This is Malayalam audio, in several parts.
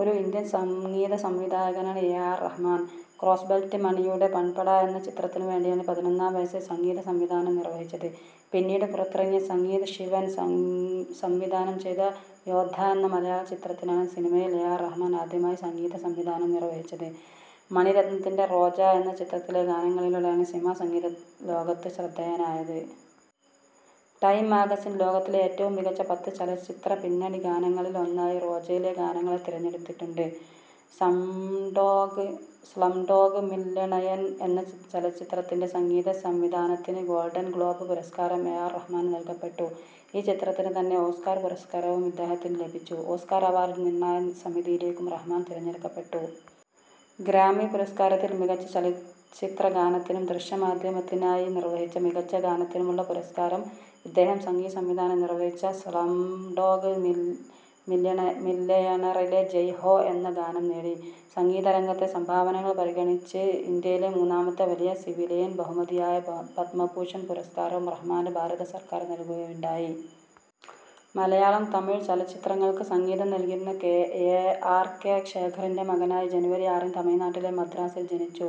ഒരു ഇന്ത്യൻ സംഗീതസംവിധായകനാണ് എ. ആർ. റഹ്മാൻ. ക്രോസ്ബെൽറ്റ് മണിയുടെ പെൺപട എന്ന ചിത്രത്തിനു വേണ്ടിയാണ് പതിനൊന്നാം വയസ്സിൽ സംഗീതസംവിധാനം നിർവഹിച്ചത് .പിന്നീട് പുറത്തിറങ്ങിയ സംഗീത് ശിവൻ സംവിധാനം ചെയ്ത യോദ്ധാ എന്ന മലയാളചലച്ചിത്രത്തിനാണ് സിനിമയിൽ എ. ആർ. റഹ്മാൻ ആദ്യമായി സംഗീതസംവിധാനം നിർവഹിച്ചത്. മണിരത്നത്തിന്റെ റോജാ എന്ന ചിത്രത്തിലെ ഗാനങ്ങളിലൂടെയാണ് സിനിമാ സംഗീതലോകത്ത് ശ്രദ്ധേയനായത്. ടൈം മാഗസിൻ ലോകത്തിലെ ഏറ്റവും മികച്ച പത്ത് ചലച്ചിത്രപിന്നണിഗാനങ്ങളിൽ ഒന്നായി റോജായിലെ ഗാനങ്ങളെ തിരഞ്ഞെടുത്തിട്ടുണ്ട്. സ്ലംഡോഗ് മില്ല്യണയർ എന്ന ചലച്ചിത്രത്തിന്റെ സംഗീതസംവിധാനത്തിന് ഗോൾഡൻ ഗ്ലോബ് പുരസ്കാരം എ. ആർ. റഹ്മാന് നൽകപ്പെട്ടു ഈ ചിത്രത്തിന് തന്നെ ഓസ്കാർ പുരസ്കാരവും ഇദ്ദേഹത്തിന് ലഭിച്ചു. ഓസ്കാർ അവാർഡ് നിർണയ സമിതിയിലേക്കും റഹ്മാൻ തിരഞ്ഞെടുക്കപ്പെട്ടു. ഗ്രാമി പുരസ്കാരത്തിൽ മികച്ച ചലച്ചിത്രഗാനത്തിനും, ദൃശ്യമാദ്ധ്യമത്തിനായി നിർവ്വഹിച്ച മികച്ച ഗാനത്തിനുമുള്ള പുരസ്കാരം ഇദ്ദേഹം സംഗീത സംവിധാനം നിർവ്വഹിച്ച സ്ലം ഡോഗ് മില്യയണറിലെ ജയ് ഹോ എന്ന ഗാനം നേടി. സംഗീത രംഗത്തെ സംഭാവനകൾ പരിഗണിച്ച് ഇന്ത്യയിലെ മൂന്നാമത്തെ വലിയ സിവിലിയൻ ബഹുമതിയായ പത്മഭൂഷൺ പുരസ്കാരവും റഹ്മാന് ഭാരത സർക്കാർ നൽകുകയുണ്ടായി. മലയാളം, തമിഴ് ചലച്ചിത്രങ്ങൾക്ക് സംഗിതം നൽകിയിരുന്ന കെ. ആർ. ആർ. കെ. ശേഖറിന്റെ മകനായി ജനുവരി ആറിന് തമിഴ്നാട്ടിലെ മദ്രാസിൽ ജനിച്ചു.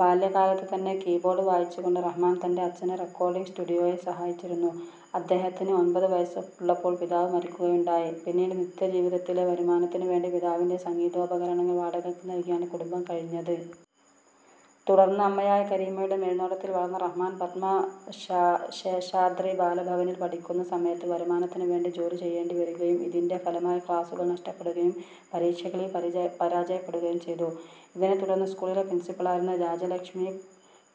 ബാല്യകാലത്തുതന്നെ കീബോർഡ് വായിച്ചുകൊണ്ട് റഹ്മാൻ തന്റെ അച്ഛനെ റെക്കോർഡിങ് സ്റ്റുഡിയോയിൽ സഹായിച്ചിരുന്നു. അദ്ദേഹത്തിന് ഒൻപത് വയസ്സുള്ളപ്പോൾ പിതാവ് മരിക്കുകയുണ്ടായി. പിന്നീട് നിത്യജീവിതത്തിലെ വരുമാനത്തിന് വേണ്ടി പിതാവിന്റെ സംഗിതോപകരണങ്ങൾ വാടകയ്ക്ക് നൽകിയാണ് കുടുംബം കഴിഞ്ഞത്. തുടർന്ന് അമ്മയായ കരീമയുടെ മേൽനോട്ടത്തിൽ വളർന്ന റഹ്മാൻ, പത്മ ശേഷാദ്രി ബാല ഭവനിൽ പഠിക്കുന്ന സമയത്ത് വരുമാനത്തിനുവേണ്ടി ജോലി ചെയ്യേണ്ടി വരികയും ഇതിന്റെ ഫലമായി ക്ലാസ്സുകൾ നഷ്ടപ്പെടുകയും പരീക്ഷകളിൽ പരാജയപ്പെടുകയും ചെയ്തു. ഇതിനെത്തുടർന്ന് സ്കൂളിലെ പ്രിൻസിപ്പാളായിരുന്ന രാജലക്ഷ്മി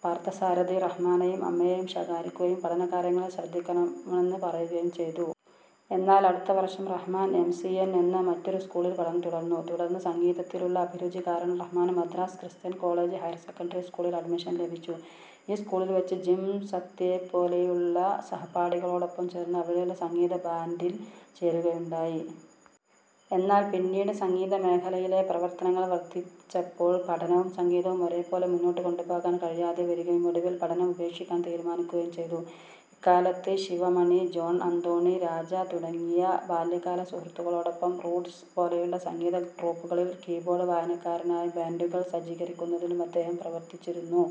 പാർത്ഥസാരഥി, റഹ്മാനെയും അമ്മയെയും ശകാരിക്കുകയും പഠനകാര്യങ്ങളിൽ ശ്രദ്ധിക്കണമെന്ന് പറയുകയും ചെയ്തു. എന്നാൽ അടുത്തവർഷം റഹ്മാൻ, എം. സി. എൻ എന്ന മറ്റൊരു സ്കൂളിൽ പഠനം തുടർന്നു. തുടർന്ന് സംഗീതത്തിലുള്ള അഭിരുചി കാരണം റഹ്മാന് Madras Christian College higher secondary സ്കൂളിൽ അഡ്മിഷൻ ലഭിച്ചു. ഈ സ്കൂളിൽ വച്ച് ജിം സത്യയെപ്പോലെയുള്ള സഹപാഠികളോടൊപ്പം ചേർന്ന് അവിടെയുള്ള സംഗീത ബാന്റിൽ ചേരുകയുണ്ടായി. എന്നാൽ പിന്നീട് സംഗീതമേഖലയിലെ പ്രവർത്തനങ്ങൾ വർധിച്ചപ്പോൾ പഠനവും സംഗീതവും ഒരേപോലെ മുന്നോട്ടുകൊണ്ടുപോകാൻ കഴിയാതെ വരികയും ഒടുവിൽ പഠനം ഉപേക്ഷിക്കാൻ തീരുമാനിക്കുകയും ചെയ്തു. ഇക്കാലത്ത് ശിവമണി, ജോൺ അന്തോണി, രാജ തുടങ്ങിയ ബാല്യകാല സുഹൃത്തുക്കളോടൊപ്പം " റൂട്ട്സ് " പോലെയുള്ള സംഗീത ട്രൂപ്പുകളിൽ കീബോർഡ് വായനക്കാരനായും ബാൻഡുകൾ സജ്ജീകരിക്കുന്നതിലും അദ്ദേഹം പ്രവർത്തിച്ചിരുന്നു.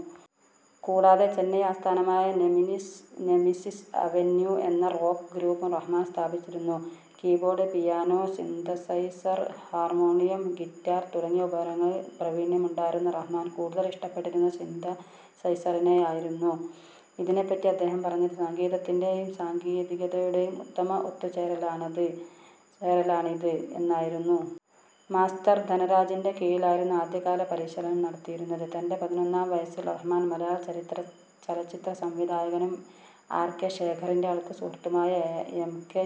കൂടാതെ ചെന്നൈ ആസ്ഥാനമായ " നെമിനിസ് നെമിസിസ് അവെന്യു " എന്ന റോക്ക് ഗ്രൂപ്പും റഹ്മാൻ സ്ഥാപിച്ചിരുന്നു. Keyboard, piano, synthesiser, harmonium, guitar തുടങ്ങിയ ഉപകരണങ്ങളിൽ പ്രാവീണ്യമുണ്ടായിരുന്ന റഹ്മാൻ, കൂടുതൽ ഇഷ്ടപ്പെട്ടിരുന്നത് സിന്തസൈസറിനെയായിരുന്നു. ഇതിനെപറ്റി അദ്ദേഹം പറഞ്ഞത് " സംഗീതത്തിന്റേയും സാങ്കേതികതയുടേയും ഉത്തമ ഒത്തുചേരലാണിത് " എന്നായിരുന്നു. മാസ്റ്റർ ധനരാജിന്റെ കീഴിലായിരുന്നു ആദ്യകാല പരിശീലനം നടത്തിയിരുന്നത്. തന്റെ പതിനൊന്നാം വയസ്സിൽ റഹ്മാൻ, മലയാള ചലച്ചിത്ര സംവിധായകനും ആർ. കെ. ശേഖറിന്റെ അടുത്ത സുഹൃത്തുമായ എം. കെ.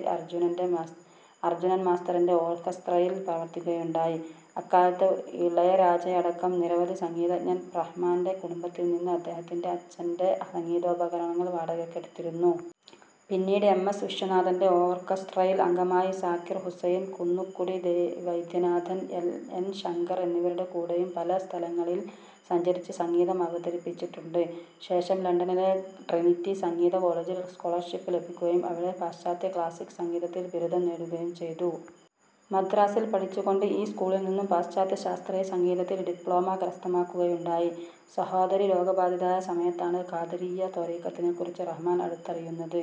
അർജുനൻ മാസ്റ്ററിന്റെ ഓർക്കസ്ട്രയിൽ പ്രവർത്തിക്കുകയുണ്ടായി. അക്കാലത്ത് ഇളയരാജയടക്കം നിരവധി സംഗീതഞ്ജർ റഹ്മാന്റെ കുടുംബത്തിൽ നിന്ന് അദ്ദേഹത്തിന്റെ അച്ഛന്റെ സംഗീതോപകരണങ്ങൾ വാടകയ്ക്കെടുത്തിരുന്നു. പിന്നീട് എം. എസ്. വിശ്വനാഥന്റെ ഓർക്കസ്ട്രയിൽ അംഗമായി. സാക്കിർ ഹുസൈൻ, കുന്നക്കുടി വൈദ്യനാഥൻ, എൽ. ശങ്കർ എന്നിവരുടെ കൂടെയും പല സ്ഥലങ്ങളിൽ സഞ്ചരിച്ച് സംഗീതം അവതരിപ്പിച്ചിട്ടുണ്ട്. ശേഷം ലണ്ടനിലെ ട്രിനിറ്റി സംഗീത കോളേജിൽ സ്കോളർഷിപ്പ് ലഭിക്കുകയും അവിടെ പാശ്ചാത്യ ക്ലാസിക്ക് സംഗീതത്തിൽ ബിരുദം നേടുകയും ചെയ്തു. മദ്രാസിൽ പഠിച്ചുകൊണ്ട്, ഈ സ്കൂളിൽ നിന്നും പാശ്ചാത്യ ശാസ്ത്രീയ സംഗീതത്തിൽ ഡിപ്ലോമ കരസ്ഥമാക്കുകയുണ്ടായി. സഹോദരി രോഗബാധിതയായ സമയത്താണ് ഖാദിരിയ്യ ത്വരീഖത്തിനെക്കുറിച്ച് റഹ്മാൻ അടുത്തറിയുന്നത്.